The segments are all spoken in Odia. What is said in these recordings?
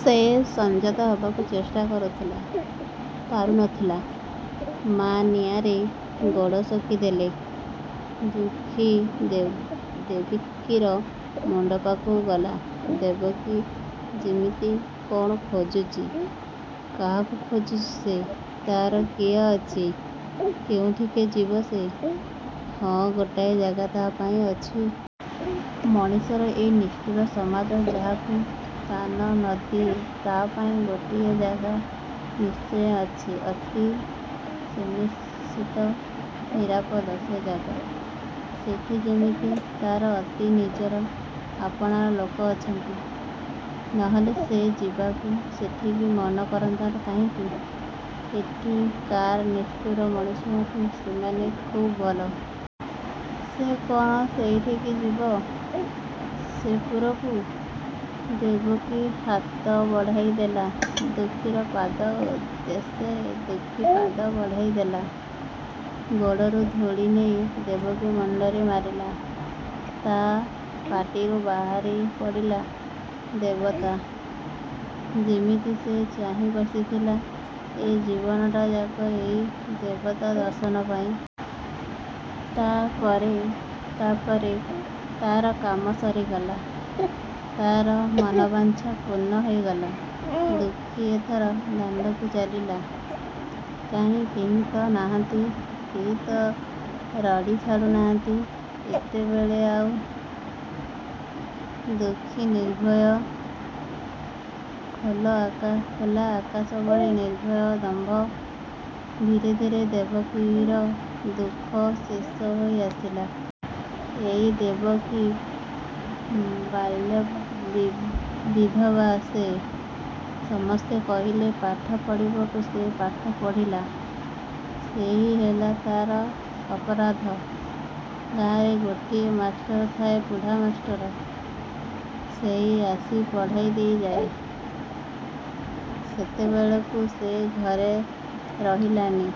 ସେ ସଂଯତ ହେବାକୁ ଚେଷ୍ଟା କରୁଥିଲା। ପାରୁ ନଥିଲା। ମା ନିଆଁରେ ଗୋଡ଼ ସେକି ଦେଲେ। ଦୁଃଖୀ ଦେବକୀର। ମୁଣ୍ଡ ପାଖକୁ ଗଲା। ଦେବକୀ ଯେମିତି କ'ଣ ଖୋଜୁଛି। କାହାକୁ ଖୋଜୁଛି ସେ? ତା'ର କିଏ ଅଛି କେଉଁଠିକି ଯିବ ସେ? ହଁ, ଗୋଟାଏ ଜାଗା ତା'ପାଇଁ ଅଛି। ମଣିଷର ଏଇ ନିଷ୍ଠୁର ସମାଜ ଯାହାକୁ ସ୍ଥାନ ନଦିଏ ତା'ପାଇଁ ଗୋଟିଏ ଜାଗା ନିଶ୍ଚୟ ଅଛି ଅତି ସୁନିଶ୍ଚିତ ନିରାପଦ ସେ ଜାଗା। ସେଠି ଯେମିତି ତା'ର ଅତି ନିଜର, ଆପଣାର ଲୋକ ଅଛନ୍ତି। ନହେଲେ ସେ ଯିବାକୁ ସେଠିକି ମନ କରନ୍ତା କାହିଁକି? ଏଠିକାର ନିଷ୍ଠୁର ମଣିଷଙ୍କଠୁ ସେମାନେ ଖୁବ୍ ଭଲ। ସେ କ'ଣ ସେଇଠିକି ଯିବ? ସେପୁରକୁ। ଦେବକୀ ହାତ ବଢ଼ାଇଦେଲା ଦୁଃଖୀର ପାଦ ଉଦ୍ଦେଶ୍ୟରେ ଦୁଃଖୀ ପାଦ ବଢ଼ାଇଦେଲା। ଗୋଡ଼ରୁ ଧୂଳି ନେଇ ଦେବକୀ ମୁଣ୍ଡରେ ମାରିଲା। ତା' ପାଟିରୁ ବାହାରି ପଡ଼ିଲା ''ଦେବତା! '' ଯେମିତି ସେ ଚାହିଁ ବସିଥିଲା ଏ ଜୀବନଟାଯାକ ଏଇ ଦେବତା ଦର୍ଶନପାଇଁ। ତା'ପରେ ତା'ପରେ ତା'ର କାମ ସରିଗଲା ତା'ର ମନବାଞ୍ଛା ପୂର୍ଣ୍ଣ ହୋଇଗଲା। ଦୁଃଖୀ ଏଥର ଦାଣ୍ଡକୁ ଚାହିଁଲା। କାହିଁ, କେହି ତ ନାହାନ୍ତି କେହି ତ ରଡ଼ି ଛାଡ଼ୁ ନାହାନ୍ତି ଏତେବେଳେ ଆଉ। ଦୁଃଖୀ ନିର୍ଭୟ। ଖୋଲ ଆକାଶ ଭଳି ନିର୍ଭୟ ଦମ୍ଭ! ଧୀରେ ଧୀରେ ଦେବକୀର ଦୁଃଖ ଶେଷ ହେଇ ଆସିଲା। ଏଇ ଦେବକୀ। ବାଳବିଧବା ସେ। ସମସ୍ତେ କହିଲେ ପାଠ ପଢ଼ିବାକୁ ସେ ପାଠ ପଢ଼ିଲା। ସେଇ ହେଲା ତା'ର ଅପରାଧ। ଗାଁରେ ଗୋଟିଏ ମାଷ୍ଟର ଥାଏ ବୁଢ଼ା ମାଷ୍ଟର। ସେଇ ଆସି ପଢ଼େଇ ଦେଇଯାଏଁ। ସେତେବେଳକୁ ସେ ଘରେ ରହିଲାଣି।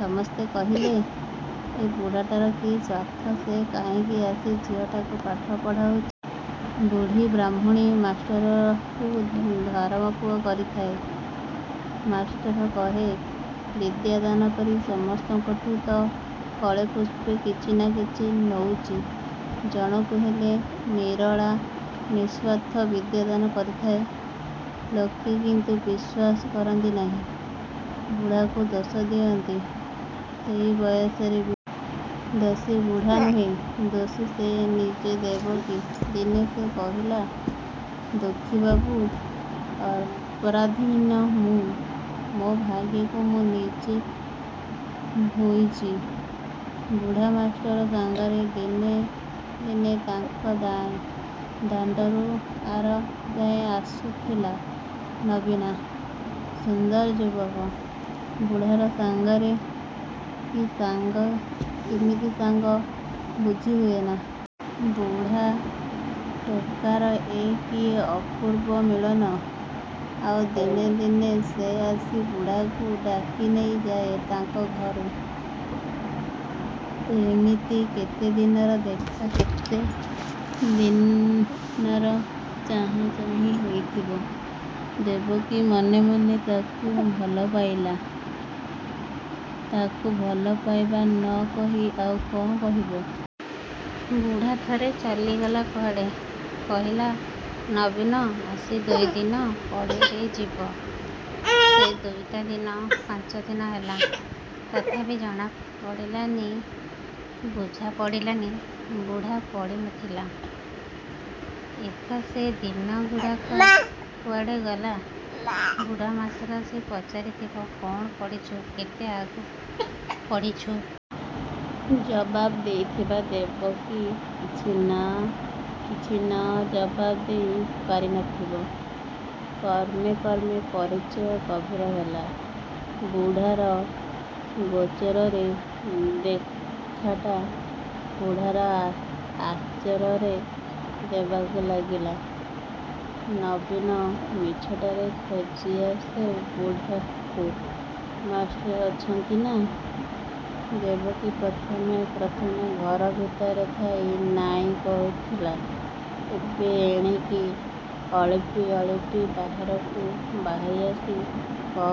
ସମସ୍ତେ କହିଲେ, ଏ ବୁଢ଼ାଟାର କି ସ୍ୱାର୍ଥ ସେ କାହିଁକି ଆସି ଝିଅଟାକୁ ପାଠ ପଢ଼ଉଚି। ବୁଢ଼ୀ ବ୍ରାହ୍ମଣୀ ମାଷ୍ଟରକୁ ଧରମ ପୁଅ କରିଥାଏ। ମାଷ୍ଟର କହେ ''ବିଦ୍ୟାଦାନ କରି ସମସ୍ତଙ୍କଠୁ ତ ଫଳେ ପୁଷ୍ପେ କିଛି ନା କିଛି ନଉଚି ଜଣକୁ ହେଲେ ନିରୋଳା ନିଃସ୍ୱର୍ଥ ବିଦ୍ୟାଦାନ କରିଥାଏ। '' ଲୋକେ କିନ୍ତୁ ବିଶ୍ୱାସ କରନ୍ତି ନାହିଁ। ବୁଢ଼ାକୁ ଦୋଷ ଦିଅନ୍ତି, ସେହି ବୟସରେବି। ଦୋଷୀ ବୁଢ଼ା ନୁହେଁ। ଦୋଷୀ ସେ ନିଜେ ଦେବକୀ ଦିନେ ସେ କହିଲା ''ଦୁଃଖୀବାବୁ, ଅପରାଧିନୀ ମୁଁ। ମୋ ଭାଗ୍ୟକୁ ମୁଁ ନିଜେ ଭୋଇଚି। ବୁଢ଼ା ମାଷ୍ଟର ସାଙ୍ଗରେ ଦିନେ ଦିନେ ତାଙ୍କ ଦାଣ୍ଡଦୁଆର ଯାଏଁ ଆସୁଥିଲା ନବୀନା। ସୁନ୍ଦର ଯୁବକ। ବୁଢ଼ାର ସାଙ୍ଗରେ। କି ସାଙ୍ଗ, କିମିତି ସାଙ୍ଗ, ବୁଝି ହୁଏନା। ବୁଢ଼ା ଟୋକାର ଏ କି ଅପୂର୍ବ ମିଳନ। ଆଉ ଦିନେ ଦିନେ ସେ ଆସି ବୁଢ଼ାକୁ ଡାକିନେଇ ଯାଏଁ ତାଙ୍କ ଘରୁ। ଏଇମିତି କେତେ ଦିନର ଦେଖା କେତେ ଦିନର ଚାହାଁ ଚାହିଁ ହେଇଥିବ। ଦେବକୀ ମନେ ମନେ ତାକୁ ଭଲପାଇଲା-। ତାକୁ ଭଲ ପାଇବା ନ କହି ଆଉ କ'ଣ କହିବ। ବୁଢ଼ା ଥରେ ଚାଲିଗଲା କୁଆଡ଼େ। କହିଗଲା ନବୀନ ଆସି ଦୁଇଦିନ ପଢ଼େଇ ଦେଇଯିବ। ସେ ଦୁଇଟା ଦିନ ପାଞ୍ଚଦିନ ହେଲା। ତଥାପି ଜଣା ପଡ଼ିଲାନି, ବୁଝା ପଡ଼ିଲାନି ବୁଝା ପଡ଼ି ନଥିଲା ଏକା ସେ ଦିନଗୁଡ଼ାକ କୁଆଡ଼େ ଗଲା। ବୁଢ଼ା ମାଷ୍ଟର ଆସି ପଚାରି ଥିବ କ'ଣ ପଢ଼ିଛୁ କେତେ ଆଗକୁ ପଢ଼ିଛୁ? ଜବାବ ଦେଇଥିବ ଦେବକୀ କିଛି ନା କିଛି ଜବାବ ଦେଇ ପାରି ନଥିବ। କ୍ରମେ କ୍ରମେ ପରିଚୟ ଗଭୀର ହେଲା। ବୁଢ଼ାର ଗୋଚରରେ ଦେଖାଟା ବୁଢ଼ାର ଆଗୋଚରରେ ହେବାକୁ ଲାଗିଲା। ନବୀନ ମିଛଟାରେ ଖୋଜି ଆସେ ବୁଢ଼ାକୁ ''ମାଷ୍ଟ୍ରେ ଅଛନ୍ତିନା-? '' ଦେବକୀ ପ୍ରଥମେ ପ୍ରଥମେ ଘର ଭିତରେ ଥାଇ ନାହିଁ କରୁଥିଲା, ଏବେ ଏଣିକି ଅଳିପି ଅଳିପି ବାହାରକୁ ବାହାରି ଆସି କହ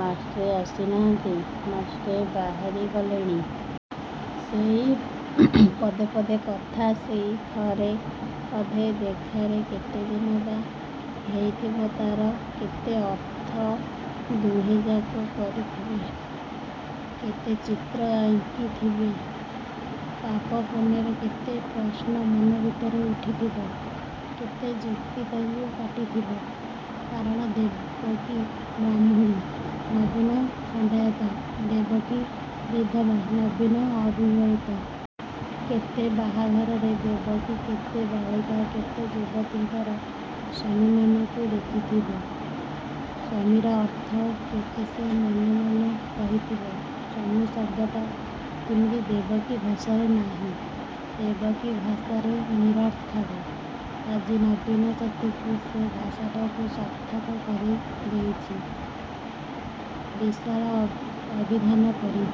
'ମାଷ୍ଟ୍ରେ ଆସି ନାହାନ୍ତି ମାଷ୍ଟ୍ରେ ବାହାରି ଗଲେଣି। ' ସେଇ ପଦେପଦେ କଥା ସେଇ ଥରେ ଅଧେ ଦେଖାରେ କେତେଦିନ ବା ହେଇଥିବ ତା'ର କେତେ ଅର୍ଥ ଦୁହେଁଯାକ କରିଥିବେ–କେତେ ଚିତ୍ର ଆଙ୍କି ଥିବେ। ପାପ ପୁଣ୍ୟର କେତେ ପ୍ରଶ୍ନ ମନ ଭିତରେ ଉଠିଥିବ–କେତେ ଯୁକ୍ତି ତାକୁ କାଟିଥିବ। କାରଣ ଦେବକୀ ବ୍ରାହ୍ମଣୀ, ନବୀନ ଖଣ୍ଡାଇତ, ଦେବକୀ ବିଧବା, ନବୀନ ଅବିବାହିତ। କେତେ ବାହାଘରରେ ଦେବକୀ କେତେ ବାଳିକା କେତେ ଯୁବତୀଙ୍କର ସ୍ୱାମୀମାନଙ୍କୁ ଦେଖିଥିବ। ସ୍ୱାମୀର ଅର୍ଥ କେତେ ସେ ମନେ ମନେ କରିଥିବ ସ୍ୱାମୀ ଶବ୍ଦଟା ଯେମିତି ଦେବକୀ ଭାଷାରେ ନାହିଁ–ଦେବକୀ ଭାଷାରେ ନିରର୍ଥକ। ଆଜି ବନୀନ ସତେ କି ସେ ଭାଷାଟାକୁ ସାର୍ଥକ କରେଇ ଦେଉଛି–ବିଶାଳ ଅଭିଧାନ ପରି।